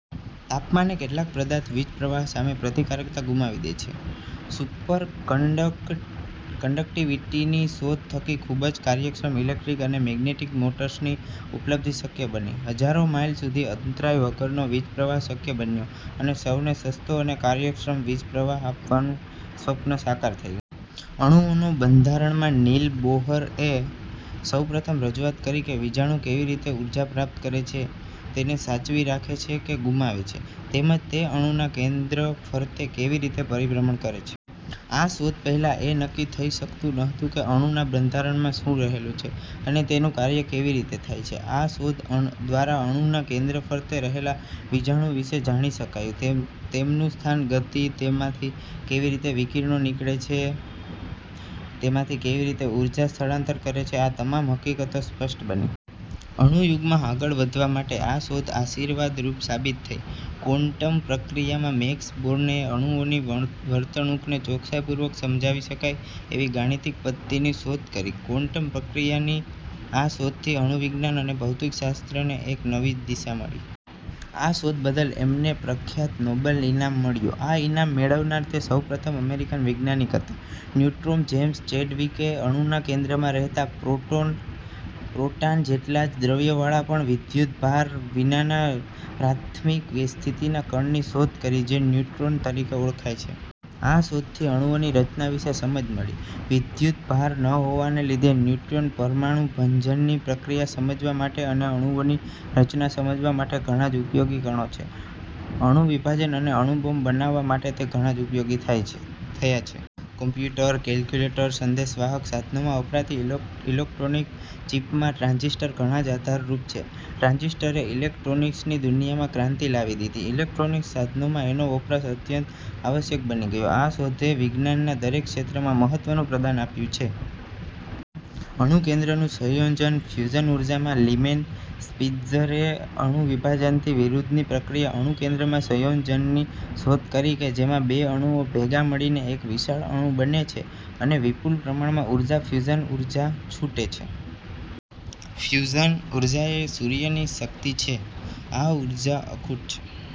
તાપમાને કેટલાક પદાર્થ વીજપ્રવાહ સામે પ્રતિકારકતા ગુમાવી દે છે. સુપર કંડકટીવીટીની શોધ થકી ખુબ જ કાર્યક્ષમ ઇલેક્ટ્રિક અને મેગ્નેટિક મોટર્સની ઉપલબ્ધી શક્ય બની. હજારો માઈલ સુધી અંતરાય વગરનો વીજપ્રવાહ શક્ય બન્યો અને સૌને સસ્તો અને કાર્યક્ષમ વીજપ્રવાહ આપવાનું સ્વપ્ન સાકાર થયું. અણુઓનું બંધારણ માં નીલ બોહરએ સૌપ્રથમ રજૂઆત કરી કે વિજાણુ કેવી રીતે ઊર્જા પ્રાપ્ત કરે છે, તેને સાચવી રાખે છે કે ગુમાવે છે તેમજ તે અણુના કેન્દ્ર ફરતે કેવી રીતે પરિભ્રમણ કરે છે. આ શોધ પહેલાં એ નક્કી થઇ શકતું નહોતું કે અણુના બંધારણમાં શું રહેલું છે અને તેનું કાર્ય કેવી રીતે થાય છે. આ શોધ દ્વારા અણુના કેન્દ્ર ફરતે રહેલા વિજાણુ વિષે જાણી શકાયું. તેમનું સ્થાન, ગતિ, તેમાંથી કેવી રીતે વિકિરણો નીકળે છે, તેમાંથી કેવી રીતે ઊર્જા સ્થળાંતર કરે છે આ તમામ હકીકતો સ્પષ્ટ બની. અણુયુગમાં આગળ વધવા માટે આ શોધ આશીર્વાદરૂપ સાબિત થઇ. ક્વોન્ટમ પ્રક્રિયા માં મેક્સ બોર્નએ અણુઓની વર્તણુકને ચોકસાઈપૂર્વક સમજાવી શકાય એવી ગાણિતિક પધ્ધતિની શોધ કરી. ક્વોન્ટમ પ્રક્રિયાની આ શોધથી અણુવિજ્ઞાન અને ભૌતિકશાસ્ત્રને એક નવી જ દિશા મળી. આ શોધ બદલ એમને પ્રખ્યાત નોબેલ ઇનામ મળ્યું. આ ઇનામ મેળવનાર તે સૌપ્રથમ અમેરિકન વૈજ્ઞાનિક હતા. ન્યુટ્રોન જેમ્સ ચેડવિકએ અણુના કેન્દ્રમાં રહેતા પ્રોટૉન જેટલા જ દ્રવ્યવાળા પણ વિદ્યુતભાર વિનાના પ્રાથમિક સ્થિતિના કણની શોધ કરી જે ન્યુટ્રોન તરીકે ઓળખાય છે. આ શોધથી અણુઓની રચના વિષે સમજ મળી. વિદ્યુતભાર ન હોવાને લીધે ન્યુટ્રોન, પરમાણુભંજનની પ્રક્રિયા સમજવા માટે અને અણુઓની રચના સમજવા માટે ઘણા જ ઉપયોગી કણો છે. અણુ વિભાજન અને અણુ બોમ્બ બનાવવા માટે તે ઘણા જ ઉપયોગી થયા છે. કોમ્પ્યુટર, કેલ્ક્યુલેટર, સંદેશવાહક સાધનોમાં વપરાતી ઈલેક્ટ્રોનિક ચીપમાં ટ્રાન્ઝીસ્ટર ઘણા જ આધારરૂપ છે. ટ્રાન્ઝીસ્ટરએ ઈલેક્ટ્રોનિકસની દુનિયામાં ક્રાંતિ લાવી દીધી. ઈલેક્ટ્રોનિકસ સાધનોમાં એનો વપરાશ અત્યંત આવશ્યક બની ગયો. આ શોધે વિજ્ઞાનના દરેક ક્ષેત્રમાં મહત્વનું પ્રદાન આપ્યું છે. અણુકેન્દ્રનું સંયોજન ફ્યુઝન ઊર્જા માં લીમેન સ્પીત્ઝરએ અણુવિભાજનથી વિરુદ્ધની પ્રક્રિયા અણુકેન્દ્રના સંયોજનની શોધ કરી કે જેમાં બે અણુઓ ભેગા મળીને એક વિશાળ અણુ બને છે અને વિપુલ પ્રમાણમાં ઊર્જા ફ્યુઝન ઊર્જા છૂટે છે. ફ્યુઝન ઊર્જા એ સૂર્યની શક્તિ છે. આ ઊર્જા અખૂટ છે।